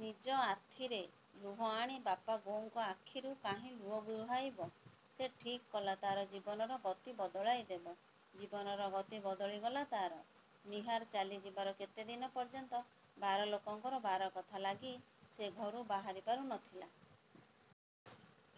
ନିଜ ଆଥିରେ ଲୁହ ଆଣି ବାପା ବୋଉଙ୍କ ଆଖିରୁ କାହିଁକି ଲୁହ ବୁହାଇବ। ସେ ଠିକ୍ କଲା ତା'ର ଜୀବନର ଗତି ବଦଳାଇ ଦେବ। ଜୀବନର ଗତି ବଦଳି ଗଲା ତା'ର। ନୀହାର ଚାଲି ଯିବାର କେତେ ଦିନ ପର୍ଯ୍ୟନ୍ତ ବାର ଲୋକଙ୍କର ବାର କଥା ଲାଗି ସେ ଘରୁ ବାହାରିପାରୁ ନଥିଲା।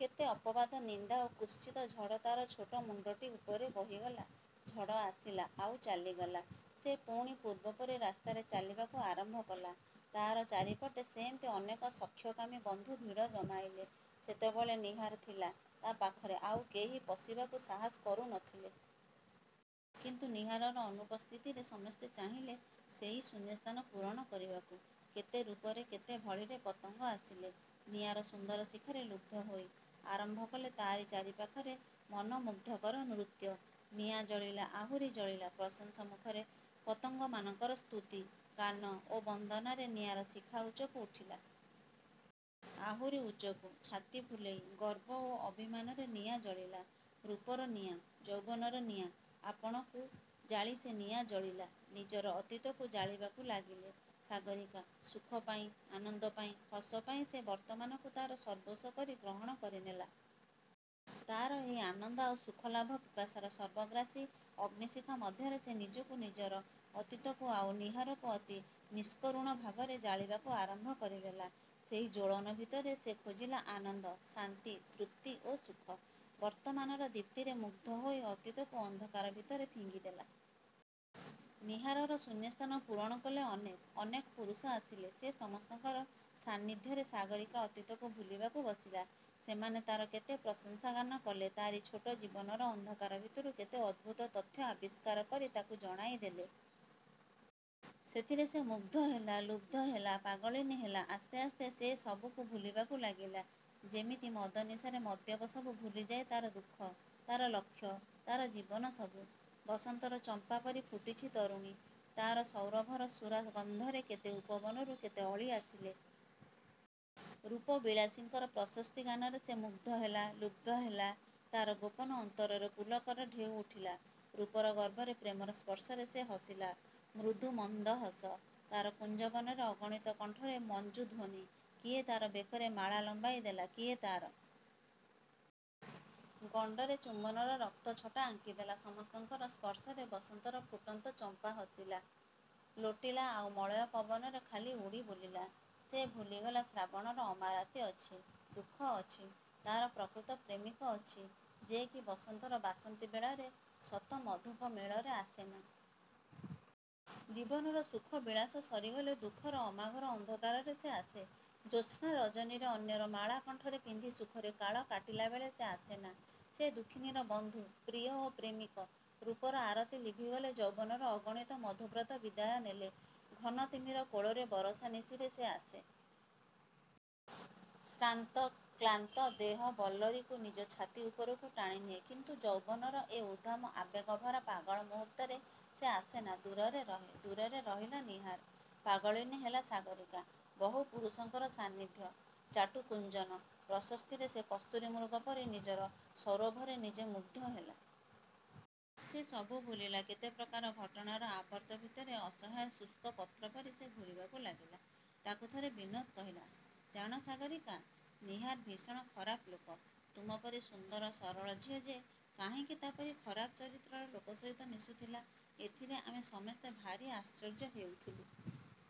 କେତେ ଅପବାଦ ନିନ୍ଦା ଓ କୁତ୍ସିତ ଝଡ଼ ତା'ର ଛୋଟ ମୁଣ୍ତଟି ଉପରେ ବହିଗଲା। ଝଡ଼ ଆସିଲା ଆଉ ଚାଲିଗଲା। ସେ ପୁଣି ପୂର୍ବପରି ରାସ୍ତାରେ ଚାଲିବାକୁ ଆରମ୍ଭ କଲା। ତା'ର ଚାରି ପଟେ ସେମିତି ଅନେକ ସଖ୍ୟକାମୀ ବନ୍ଧୁ ଭିଡ଼ ଜମାଇଲେ। ସେତେବେଳେ ନୀହାର ଥିଲା–ତା' ପାଖରେ ଆଉ କେହି ପଶିବାକୁ ସାହସ କରୁନଥିଲେ। କିନ୍ତୁ ନୀହାରର ଅନୁପସ୍ଥିତିରେ ସମସ୍ତେ ଚାହିଁଲେ ସେଇ ଶୂନ୍ୟସ୍ଥାନ ପୂରଣ କରିବାକୁ। କେତେ ରୂପରେ କେତେ ଭଳିରେ ପତଙ୍ଗ ଆସିଲେ–ନିଆଁର ସୁନ୍ଦର ଶିଖାରେ ଲୁବ୍ଧ ହୋଇ; ଆରମ୍ଭ କଲେ ତାରି ଚାରିପାଖରେ ମନୋମୃଗ୍ଧକର ନୃତ୍ୟ। ନିଆଁ ଜଳିଲା–ଆହୁରି ଜଳିଲା। ପ୍ରଶଂସା ମୁଖର ପତଙ୍ଗମାନଙ୍କର ସ୍ତୁତି, ଗାନ ଓ ବନ୍ଦନାରେ ନିଆଁର ଶିଖା ଉଚ୍ଚକୁ ଉଠିଲା-। ଆହୁରି ଉଚ୍ଚକୁ। ଛାତି ଫୁଲେଇ, ଗର୍ବ ଓ ଅଭିମାନରେ ନିଆଁ ଜଳିଲା। ରୂପର ନିଆଁ; ଯୌବନର ନିଆଁ। ଆପଣାକୁ ଜାଳି ସେ ନିଆଁ ଜଳିଲା। ନିଜର ଅତୀତକୁ ଜାଳିବାକୁ ଲାଗିଲେ ସାଗରୀକା-। ସୁଖ ପାଇଁ, ଆନନ୍ଦ ପାଇଁ, ହସ ପାଇଁ ସେ ବର୍ତ୍ତମାନକୁ ତା'ର ସର୍ବସ୍ୱ କରି ଗ୍ରହଣ କରିନେଲା-। ତା'ର ଏହି ଆନନ୍ଦ ଆଉ ସୁଖଲାଭ ପିପାସାର ସର୍ବଗ୍ରାସୀ-ଅଗ୍ନିଶିଖା ମଧ୍ୟରେ ସେ ନିଜକୁ, ନିଜର ଅତୀତକୁ ଆଉ ନୀହାରକୁ ଅତି ନିଷ୍କରୁଣ ଭାବରେ ଜାଳିବାକୁ ଆରମ୍ଭ କରିଦେଲା। ସେଇ ଜ୍ୱଳନ ଭିତରେ ସେ ଖୋଜିଲା ଆନନ୍ଦ, ଶାନ୍ତି, ତୃପ୍ତି ଓ ସୁଖ। ବର୍ତ୍ତମାନର ଦୀପ୍ତିରେ ମୁଗ୍ଧ ହୋଇ ଅତୀତକୁ ଅନ୍ଧକାର ଭିତରେ ଫିଙ୍ଗିଦେଲା। ନୀହାରର ଶୂନ୍ୟସ୍ଥାନ ପୂରଣ କଲେ ଅନେକ। ଅନେକ ପୁରୁଷ ଆସିଲେ। ସେ ସମସ୍ତଙ୍କର ସାନ୍ନିଧ୍ୟରେ, ସାଗରୀକା ଅତୀତକୁ ଭୁଲିବାକୁ ବସିଲା। ସେମାନେ ତା'ର କେତେ ପ୍ରଶଂସା ଗାନ କଲେ; ତାରି ଛୋଟ ଜୀବନର ଅନ୍ଧକାର ଭିତରୁ କେତେ ଅଦ୍ଭୁତ ତଥ୍ୟ ଆବିଷ୍କାର କରି ତାକୁ ଜଣାଇ ଦେଲେ। ସେଥିରେ ସେ ମୁଗ୍ଧ ହେଲା–ଲୁବ୍ଧ ହେଲା–ପାଗଳିନୀ ହେଲା। ଆସ୍ତେ ଆସ୍ତେ ସେ ସବୁକୁ ଭୁଲିବାକୁ ଲାଗିଲା। ଯେମିତି ମଦ-ନିଶାରେ ମଦ୍ୟପ ସବୁ ଭୁଲିଯାଏ–ତା'ର ଦୁଃଖ, ତା'ର ଲକ୍ଷ୍ୟ ତା'ର ଜୀବନ ସବୁ। ବସନ୍ତର ଚମ୍ପା ପରି ଫୁଟିଛି ତରୁଣୀ। ତା'ର ସୌରଭର ସୁରା-ଗନ୍ଧରେ କେତେ ଉପବନରୁ କେତେ ଅଳି ଆସିଲେ। ରୂପ-ବିଳାସୀଙ୍କର ପ୍ରଶସ୍ତି ଗାନରେ ସେ ମୁଗ୍ଧ ହେଲା; ଲୁବ୍ଧ ହେଲା। ତା'ର ଗୋପନ ଅନ୍ତରରେ ପୁଲକର ଢେଉ ଉଠିଲା। ରୂପର ଗର୍ବରେ ପ୍ରେମର ସ୍ପର୍ଶରେ ସେ ହସିଲା; ମୃଦୁ-ମନ୍ଦ ହସ। ତା'ର କୁଞ୍ଜବନରେ ଅଗଣିତ କଣ୍ଠର ମଞ୍ଜୁ ଧ୍ୱନି। କିଏ ତା'ର ବେକରେ ମାଳା ଲମ୍ୱାଇ ଦେଲା–କିଏ ତା'ର। ଗଣ୍ତରେ ଚୁମ୍ୱନର ରକ୍ତଛଟା ଆଙ୍କିଦେଲା। ସମସ୍ତଙ୍କର ସ୍ପର୍ଶରେ ବସନ୍ତର ଫୁଟନ୍ତ ଚମ୍ପା, ହସିଲା, ଲୋଟିଲା ଆଉ ମଳୟ ପବନରେ ଖାଲି ଉଡ଼ି ବୁଲିଲା। ସେ ଭୁଲିଗଲା ଶ୍ରାବଣର ଅମାରାତି ଅଛି, ଦୁଃଖ ଅଛି। ତା'ର ପ୍ରକୃତ ପ୍ରେମିକ ଅଛି। ଯେ କି ବସନ୍ତର ବାସନ୍ତୀ ବେଳାରେ; ଶତ ମଧୁପ ମେଳରେ ଆସେନା। ଜୀବନର ସୁଖ ବିଳାସ ସରିଗଲେ ଦୁଃଖର ଅମାଘୋର ଅନ୍ଧକାରରେ ସେ ଆସେ। ଜ୍ୟୋତ୍ସ୍ନା ରଜନୀରେ ଅନ୍ୟର ମାଳା କଣ୍ଠରେ ପିନ୍ଧି ସୁଖରେ କାଳ କାଟିଲାବେଳେ ସେ ଆସେନା। ସେ ଦୁଃଖିନୀର ବନ୍ଧୁ, ପ୍ରିୟ ଓ ପ୍ରେମିକ। ରୂପର-ଆରତୀ ଲିଭିଗଲେ, ଯୌବନର ଅଗଣିତ ମଧୁବ୍ରତ ବିଦାୟ ନେଲେ; ଘନ-ତିମିର କୋଳରେ ବରଷା-ନିଶିରେ ସେ ଆସେ। ଶ୍ରାନ୍ତ କ୍ଳାନ୍ତ ଦେହ-ବଲ୍ଲରୀକୁ ନିଜ ଛାତି ଉପରକୁ ଟାଣିନିଏ। କିନ୍ତୁ ଯୌବନର ଏ ଉଦ୍ଦାମ ଆବେଗଭରା ପାଗଳ ମୁହୂର୍ତ୍ତରେ ସେ ଆସେନା–ଦୂରରେ ରହେ। ଦୂରରେ ରହିଲା ନୀହାର। ପାଗଳିନୀ ହେଲା ସାଗରୀକା। ବହୁ ପୁରୁଷଙ୍କର ସାନ୍ନିଧ୍ୟ, ଚାଟୁ ଗୁଞ୍ଜନ, ପ୍ରଶସ୍ତିରେ ସେ କସ୍ତୁରୀ-ମୃଗ ପରି ନିଜର ସୌରଭରେ ନିଜେ ମୁଗ୍ଧ ହେଲା। ସେ ସବୁ ଭୁଲିଲା। କେତେପ୍ରକାର ଘଟଣାର ଆବର୍ତ୍ତ ଭିତରେ ଅସହାୟ ଶୁଷ୍କ ପତ୍ର ପରି ସେ ଘୂରିବାକୁ ଲାଗିଲା। ତାକୁ ଥରେ ବିନୋଦ କହିଲା–''ଜାଣ ସାଗରୀକା! ନୀହାର ଭୀଷଣ ଖରାପ ଲୋକ। ତୁମ ପରି ସୁନ୍ଦର ସରଳ ଝିଅ ଯେ କାହିଁକି ତା'ପରି ଖରାପ ଚରିତ୍ରର ଲୋକ ସହିତ ମିଶୁଥିଲା; ଏଥିରେ ଆମେ ସମସ୍ତେ ଭାରୀ ଆଶ୍ଚର୍ଯ୍ୟ ହେଉଥିଲୁ।